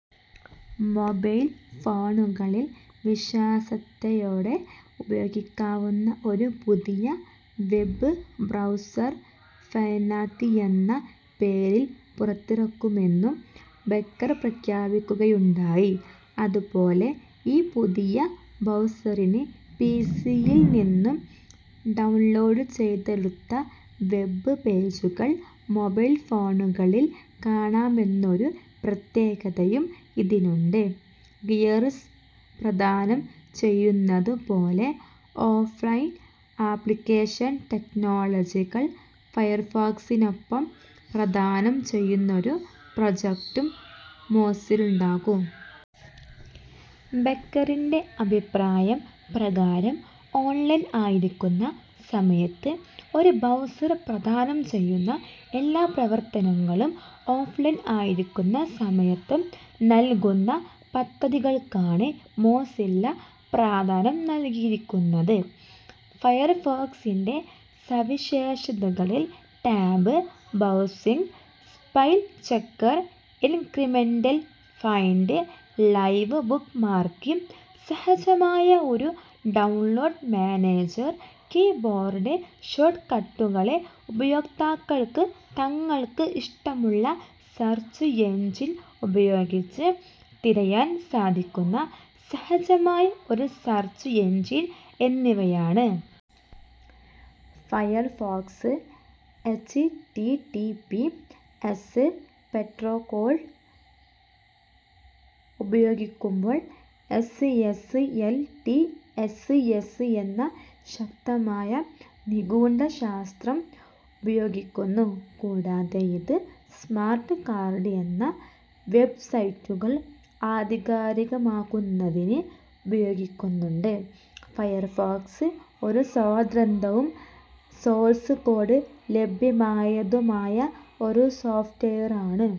Mobile ഫോണുകളിൽ വിശ്വാസ്യതയോടെ ഉപയോഗിക്കാവുന്ന ഒരു പുതിയ വെബ്ബ് ബ്രൗസർ ഫെന്നാക് എന്ന പേരിൽ പുറത്തിറക്കുമെന്നും ബെക്കർ പ്രഖ്യാപിക്കുകയുണ്ടായി. അതുപോലെ ഈ പുതിയ ബ്രൗസറിന് പി. സി. യിൽ നിന്നും ഡൗൺലോഡ് ചെയ്തെടുത്ത വെബ്ബ് പേജുകൾ, മൊബൽഫോണുകളിൽ കാണാമെന്നൊരു പ്രത്യേകതയും ഇതിനുണ്ട്. ഗിയേർസ് പ്രദാനം ചെയ്യുന്നതു പോലെ ഓഫ്ലൈൻ ആപ്ലിക്കേഷൻ ടെക്നോളജികൾ ഫയർഫോക്സിനൊപ്പം പ്രദാനം ചെയ്യുന്നൊരു പ്രൊജക്ടും മോസില്ലക്കുണ്ട്. ബെക്കറിന്റെ അഭിപ്രായ പ്രകാരം ഓൺലൈൻ ആയിരിക്കുന്ന സമയത്ത് ഒരു ബ്രൗസർ പ്രദാനം ചെയ്യുന്ന എല്ലാ പ്രവർത്തനങ്ങളും ഓഫ്ലൈൻ ആയിരിക്കുന്ന സമയത്തും നൽകുന്ന പദ്ധതികൾക്കാണ് മോസില്ല പ്രാധാന്യം നൽകിയിരിക്കുന്നത്. ഫയർഫോക്സിന്റെ സവിശേഷതകളിൽ tab browsing, spell checker, incremental find, live bookmarking, സഹജമായ ഒരു ഡൗൺലോഡ് മാനേജർ, കീബോർഡ് ഷോട്ട്കട്ടുകൾ, ഉപയോക്താക്കൾക്ക് തങ്ങൾക്ക് ഇഷ്ടമുള്ള സെർച്ച് എഞ്ചിൻ ഉപയോഗിച്ച് തിരയാൻ സാധിക്കുന്ന സഹജമായ ഒരു സെർച്ച് എഞ്ചിൻ എന്നിവയാണ്. Firefox, H. T. T. P. S. Protocol ഉപയോഗിക്കുമ്പോൾ S. S. L T. L. S എന്ന ശക്തമായ നിഗൂഡശാസ്ത്രം ഉപയോഗിക്കുന്നു. കൂടാതെ ഇത് സ്മാർട്ട് കാർഡ് എന്ന വെബ്സൈറ്റുകൾ ആധികാരികമാക്കുന്നതിന് ഉപയോഗിക്കുന്നുണ്ട്. ഫയർഫോക്സ് ഒരു സ്വതന്ത്രവും, സോഴ്സ് കോഡ് ലഭ്യമായതുമായ ഒരു സോഫ്റ്റ്വെയർ ആണ്.